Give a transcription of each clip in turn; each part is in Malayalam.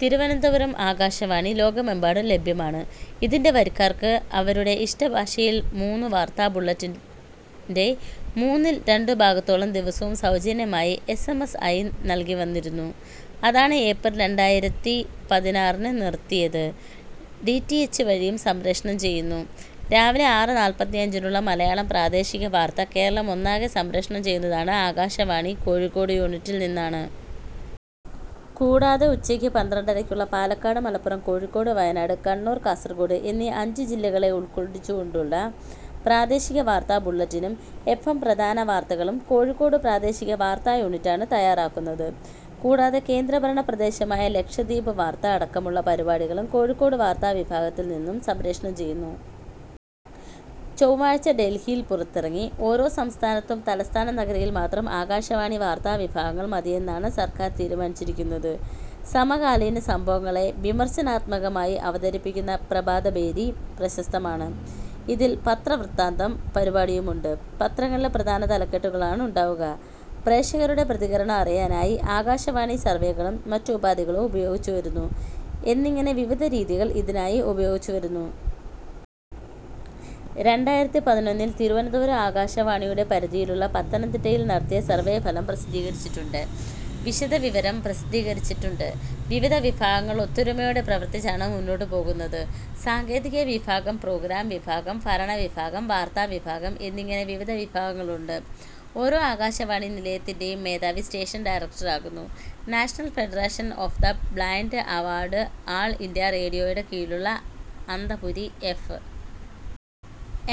തിരുവനന്തപുരം ആകാശവാണി ലോകമെമ്പാടും ലഭ്യമാണ്. ഇതിന്റെ വരിക്കാർക്ക്, അവരുടെ ഇഷ്ടഭാഷയിൽ മൂന്ന് ഒരു വാർത്താബുള്ളെറ്റ് ന്റെ മൂന്നിൽ രണ്ടു ഭാഗത്തോളം ദിവസവും സൗജന്യമായി എസ്. എം. എസ് ആയി നൽകിവന്നിരുന്നു. അതാണ് ഏപ്രിൽ രണ്ടായിരത്തിപതിനാറിന് നിർത്തിയത്. ഡി. റ്റി. എച്ച് വഴിയും സംപ്രേഷണം ചെയ്യുന്നു. രാവിലെ ആറ് നാല്പത്തിഅഞ്ചിനുള്ള മലയാളം പ്രാദേശിക വാർത്ത കേരളമൊന്നാകെ സംപ്രേഷണം ചെയ്യുന്നതാണ് ആകാശവാണി കോഴിക്കോട് യൂണിറ്റിൽ നിന്നാണ്. കൂടാതെ ഉച്ചയ്ക്ക് പന്ത്രണ്ടരക്കുള്ള പാലക്കാട്, മലപ്പുറം, കോഴിക്കോട്, വയനാട്, കണ്ണൂർ, കാസർകോട് എന്നീ അഞ്ചു ജില്ലകളെ ഉൾക്കൊള്ളിച്ചുകൊണ്ടുള്ള പ്രാദേശിക വാർത്താ ബുള്ളറ്റിനും എഫ്എം പ്രധാന വാർത്തകളും കോഴിക്കോട് പ്രാദേശിക വാർത്താ യൂണിറ്റാണ് തയ്യാറാക്കുന്നത്. കൂടാതെ കേന്ദ്രഭരണപ്രദേശമായ ലക്ഷദ്വീപ് വാർത്ത അടക്കമുള്ള പരിപാടികളും കോഴിക്കോട് വാർത്താവിഭാഗത്തിൽ നിന്നും സംപ്രേഷണം ചെയ്യുന്നു. ചൊവ്വാഴ്ച ഡൽഹിയിൽ പുറത്തിറങ്ങി. ഓരോ സംസ്ഥാനത്തും തലസ്ഥാന നഗരിയിൽ മാത്രം ആകാശവാണി വാർത്താവിഭാഗങ്ങൾ മതിയെന്നാണ് സർക്കാർ തീരുമാനിച്ചിരിക്കുന്നത്. സമകാലീന സംഭവങ്ങളെ വിമർശനാത്മകമായി അവതരിപ്പിക്കുന്ന പ്രഭാതഭേരി പ്രശസ്തമാണ്. ഇതിൽ പത്രവൃത്താന്തം പരിപടിയുമുണ്ട്. പത്രങ്ങളിലെ പ്രധാന തലക്കെട്ടുകളാണുണ്ടാവുക. പ്രേക്ഷകരുടെ പ്രതികരണം അറിയാനായി ആകാശവാണി സർവെകളും മറ്റുപാധികളും ഉപയോഗിച്ചുവരുന്നു., എന്നിങ്ങനെ വിവിധ രീതികൾ ഇതിനായി ഉപയോഗിച്ചുവരുന്നു. രണ്ടായിരത്തിപതിനൊന്നിൽ തിരുവനന്തപുരം ആകാശവാണിയുടെ പരിധിയിലുള്ള പത്തനംതിട്ടയിൽ നടത്തിയ സർവേഫലം പ്രസിദ്ധീകരിച്ചിട്ടുണ്ട്. വിശദവിവരം പ്രസിദ്ധീകരിച്ചിട്ടുണ്ട്. വിവിധ വിഭാഗങ്ങൾ ഒത്തൊരുമയോടെ പ്രവർത്തിച്ചാണ് മുന്നോട്ടു പോകുന്നത്. സാങ്കേതികവിഭാഗം, പ്രോഗ്രാം വിഭാഗം, ഭരണവിഭാഗം, വാർത്താവിഭാഗം എന്നിങ്ങനെ വിവിധ വിഭാഗങ്ങളുണ്ട്. ഓരോ ആകാശവാണി നിലയത്തിന്റെയും മേധാവി സ്റ്റേഷൻ ഡയറക്ടർ ആകുന്നു. National federation of the blind award all India റേഡിയോയുടെ കീഴിലുള്ള അന്തഃപുരി എഫ്.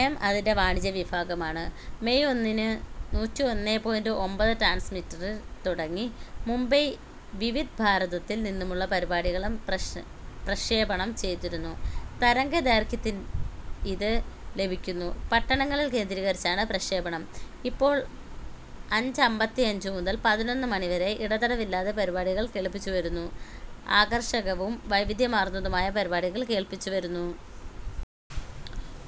എം അതിന്റെ വാണിജ്യവിഭാഗമാണ്. മെയ് ഒന്നിന് നൂറ്റിഒന്നേ പോയിന്റ് ഒമ്പത് ട്രാൻസ്മിറ്ററിൽ തുടങ്ങി. മുംബൈ വിവിധ്ഭാരതത്തിൽ നിന്നുമുള്ള പരിപാടികളും പ്രഷ് പ്രക്ഷേപണം ചെയ്തിരുന്നു. തരംഗദൈർഘ്യത്തിൽ ഇതു ലഭിക്കുന്നു. പട്ടണങ്ങൾ കേന്ദ്രീകരിച്ചാണ് പ്രക്ഷേപണം. ഇപ്പോൾ അഞ്ചമ്പത്തിഅഞ്ചു മുതൽ പതിനൊന്ന് മണി വരെ ഇടതടവില്ലാതെ പരിപാടികൾ കേൾപ്പിച്ചുവരുന്നു. ആകർഷകവും വൈവിധ്യമാർന്നതുമായ പരിപാടികൾ കേൾപ്പിച്ചുവരുന്നു.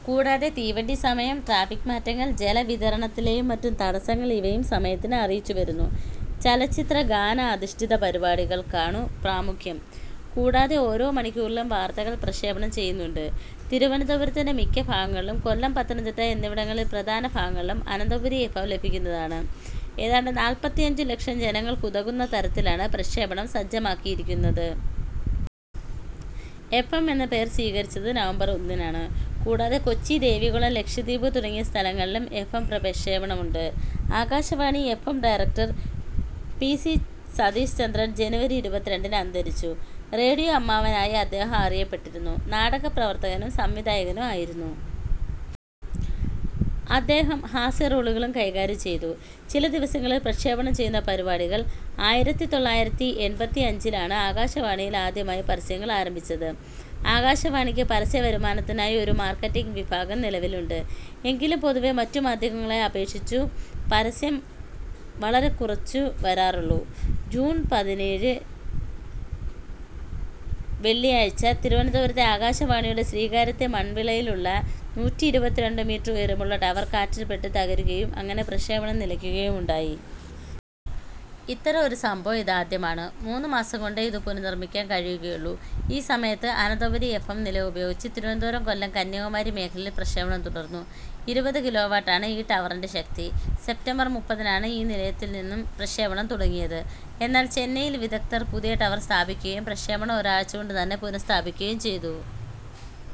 കൂടാതെ തീവണ്ടി സമയം, ട്രാഫിക്ക് മാറ്റങ്ങൾ, ജലവിതരണത്തിലെയും മറ്റും തടസങ്ങൾ ഇവയും സമയത്തിന് അറിയിച്ചുവരുന്നു. ചലച്ചിത്രഗാനാധിഷ്ടിതപരിപാടികൾക്കാണു പ്രാമുഖ്യം. കൂടാതെ ഓരോ മണിക്കൂറിലും വാർത്തകൾ പ്രക്ഷേപണം ചെയ്യുന്നുണ്ട്. തിരുവനതപുരത്തിന്റെ മിക്ക ഭാഗങ്ങളിലും കൊല്ലം പത്തനംതിട്ട എന്നിവിടങ്ങളിൽ പ്രധാന ഭാഗങ്ങളിലും അനന്തപുരി എഫ്. എം ലഭിക്കുന്നതാണ്. ഏതാണ്ട് നാല്പത്തിഅഞ്ചു ലക്ഷം ജനങ്ങൾക്കുതകുന്നതരത്തിലാണ് പ്രക്ഷേപണം സജ്ജമാകിയിരിക്കുന്നത്. എഫ്. എം എന്ന പേർ സ്വീകരിച്ചത് നവംബർ ഒന്നിനാണ്. കൂടാതെ കൊച്ചി, ദേവികുളം, ലക്ഷദ്വീപ് തുടങ്ങിയ സ്ഥലങ്ങളിലും എഫ്. എം പ്രക്ഷേപണമുണ്ട്. Akashvani F M director P. C. Satheeshchandran ജനുവരി ഇരുപത്തിരണ്ടിന് അന്തരിച്ചു. റേഡിയോ അമ്മാവൻ ആയി അദ്ദേഹം അറിയപ്പെട്ടിരുന്നു. നാടകപ്രവർത്തകനും സംവിധായകനും ആയിരുന്നു. അദ്ദേഹം ഹാസ്യറോളുകളും കൈകാര്യംചെയ്തു. ചില ദിവസങ്ങളിൽ പ്രക്ഷേപണം ചെയ്യുന്ന പരിപാടികൾ. ആയിരത്തിത്തൊള്ളായിരത്തിഎൺപത്തിഅഞ്ചിൽ ആണ് ആകാശവാണിയിൽ ആദ്യമായി പരസ്യങ്ങൾ ആരംഭിച്ചത്. ആകാശവാണിക്ക് പരസ്യവരുമാനത്തിനായി ഒരു മാർക്കറ്റിങ്ങ് വിഭാഗം നിലവിലുണ്ട്. എങ്കിലും പൊതുവെ മറ്റു മാധ്യമങ്ങളെ അപേക്ഷിച്ചു പരസ്യം വളരെക്കുറച്ചു വരാറുള്ളൂ. ജൂൺ പതിനേഴിനു വെള്ളിയാഴ്ചയാഴ്ച, തിരുവനന്തപുരത്തെ ആകാശവാണിയുടെ ശ്രീകാര്യത്തെ മൺവിളയിലുള്ള നൂറ്റിഇരുപത്തിരണ്ടു മീറ്റർ ഉയരമുള്ള ടവർ കാറ്റിൽപ്പെട്ട് തകരുകയും അങ്ങനെ പ്രക്ഷേപണം നിലയ്ക്കുകയുമുണ്ടായി. ഇത്തരം ഒരു സംഭവം ഇതാദ്യമാണ്. മൂന്നു മാസംകൊണ്ടേ ഇതു പുനർനിർമ്മിക്കാൻ കഴിയുകയുള്ളൂ. ഈ സമയത്ത് അനന്തപുരി എഫ്. എം നിലയം ഉപയോഗിച്ച് തിരുവനന്തപുരം, കൊല്ലം, കന്യാകുമാരി മേഖലയിൽ പ്രക്ഷേപണം തുടർന്നു. ഇരുപത് കിലോവാട്ട് ആണ് ഈ ടവറിന്റെ ശക്തി. സെപ്റ്റംബർ മുപ്പത്തിനാണ് ഈ നിലയത്തിൽനിന്നും പ്രക്ഷേപണം തുടങ്ങിയത്. എന്നാൽ ചെന്നൈയിലെ വിദഗ്ദ്ധർ, പുതിയ ടവർ സ്ഥാപിക്കുകയും പ്രക്ഷേപണം ഒരാഴ്ചകൊണ്ടുതന്നെ പുനഃസ്ഥാപിക്കുകയുംചെയ്തു.